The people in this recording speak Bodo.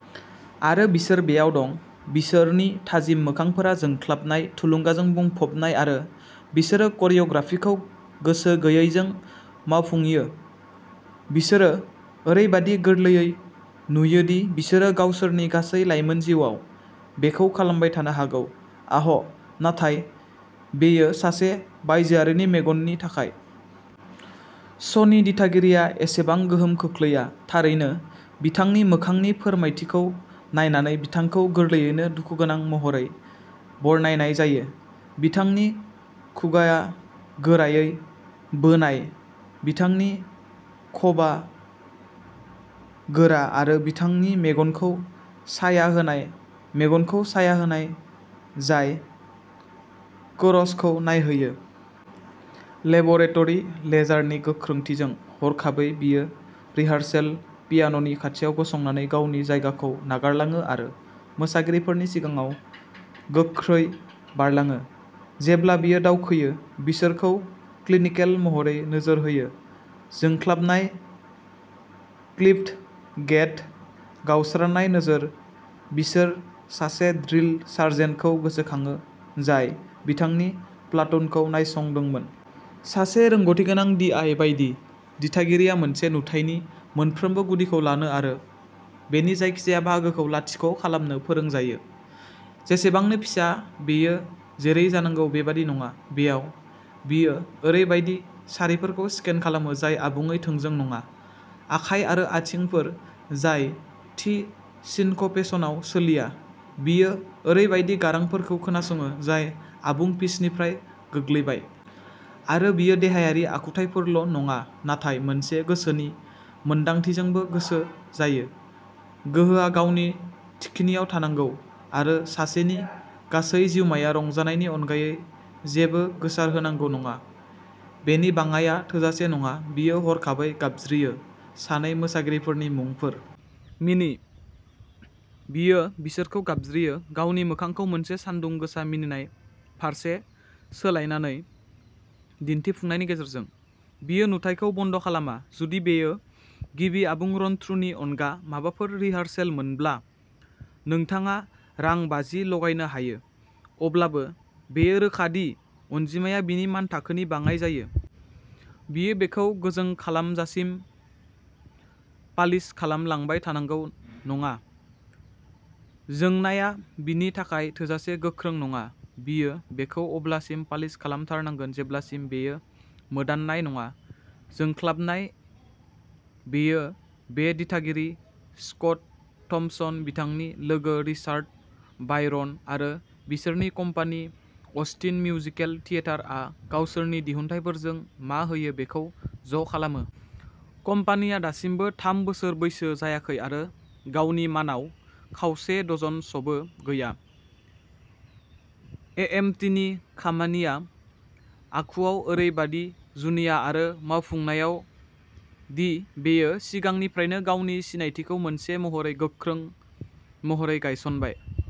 आरो बिसोर बेयाव दंः बिसोरनि थाजिम मोखांफोरा जोंख्लाबनाय, थुलुंगाजों बुंफबनाय, आरो बिसोरो करिय'ग्राफिखौ गोसो गैयैजों मावफुंयो। बिसोरो ओरैबादि गोरलैयै नुयो दि बिसोरो गावसोरनि गासै लाइमोन जिउआव बेखौ खालामबाय थानो हागौ। आह', नाथाय बेयो सासे बायजोआरिनि मेगननि थाखाय। श'नि दिथागिरिया एसेबां गोहोम खोख्लैया। थारैनो, बिथांनि मोखांनि फोरमायथिखौ नायनानै, बिथांखौ गोरलैयैनो दुखुगोनां महरै बरनायनाय जायो। बिथांनि खुगाआ गोरायै बोनाय, बिथांनि खभा गोरा, आरो बिथांनि मेगनखौ साया होनाय, मेगनखौ साया होनाय, जाय कोरसखौ नायहैयो। लेब'रेटरी लेजारनि गोख्रोंथिजों। हरखाबै, बियो रिहार्सेल पियान'नि खाथियाव गसंनानै गावनि जायगाखौ नागारलाङो आरो मोसागिरिफोरनि सिगाङाव गोख्रै बारलाङो, जेब्ला बियो दावखोयो, बिसोरखौ क्लिनिकेल महरै नोजोर होयो। जोंख्लाबनाय, क्लिप्ड गेट, गावस्रानाय नोजोर, बिसोर सासे ड्रिल सार्जेन्टखौ गोसोखाङो, जाय बिथांनि प्लातुनखौ नायसंदोंमोन। सासे रोंग'थिगोनां डी. आई. बायदि, दिथागिरिया मोनसे नुथायनि मोनफ्रोमबो गुदिखौ लानो आरो बेनि जायखिजाया बाहागोखौ लाथिख'खालामनो फोरोंजायो, जेसेबांनो फिसा, बेयो जेरै जानांगौ बेबादि नङा। बेयाव, बियो ओरैबायदि सारिफोरखौ स्केन खालामो जाय आबुङै थोंजों नङा, आखाइ आरो आथिंफोर जाय थि सिनक'पेसनआव सोलिया; बियो ओरैबायदि गारांफोरखौ खोनासङो जाय आबुं पिचनिफ्राय गोग्लैबाय। आरो बियो देहायारि आखुथायफोरल'नङा, नाथाय मोनसे गोसोनि मोनदांथिजोंबो गोसो जायोः गोहोआ गावनि थिखिनियाव थानांगौ आरो सासेनि गासै जिउमाया रंजानायनि अनगायै जेबो गोसारहोनांगौ नङा। बेनि बाङाइआ थोजासे नङा। बियो हरखाबै गाबज्रियो। सानै मोसागिरिफोरनि मुंफोर। "मिनि!" बियो बिसोरखौ गाबज्रियो, गावनि मोखांखौ मोनसे सानदुं गोसा मिनिनाय फारसे सोलायनानै दिन्थिफुंनायनि गेजेरजों। बियो नुथायखौ बन्द'खालामा-- जुदि बेयो गिबि आबुं रन-थ्रुनि अनगा माबाफोर रिहार्सेलमोनब्ला, नोंथाङा रां बाजि लागायनो हायो-- अब्लाबो, बेयो रोखा दि अनजिमाया बिनि मानथाखोनि बाङाइ जायो। बियो बेखौ गोजों खालामजासिम पालिश खालामलांबाय थानांगौ-- नङा, जोंनाया बिनि थाखाय थोजासे गोख्रों नङा; बियो बेखौ अब्लासिम पालिश खालामथारनांगोन जेब्लासिम बेयो मोदाननाय नङा। जोंख्लाबनाय। बेयो बे दिथागिरि, स्कट थम्पसन, बिथांनि लोगो रिचार्ड बायरन, आरो बिसोरनि कम्पानि अस्टिन मिउजिकेल थियेटार आ गावसोरनि दिहुनथायफोरजों मा होयो बेखौ ज'खालामो। कम्पानिआ दासिमबो थाम बोसोर बैसो जायाखै आरो गावनि मानआव खावसे-डजन श'बो गैया, एएमटीनि खामानिया आखुआव ओरैबादि जुनिया आरो मावफुंनायाव दि बेयो सिगांनिफ्रायनो गावनि सिनायथिखौ मोनसे महरै गोख्रों महरै गायसनबाय।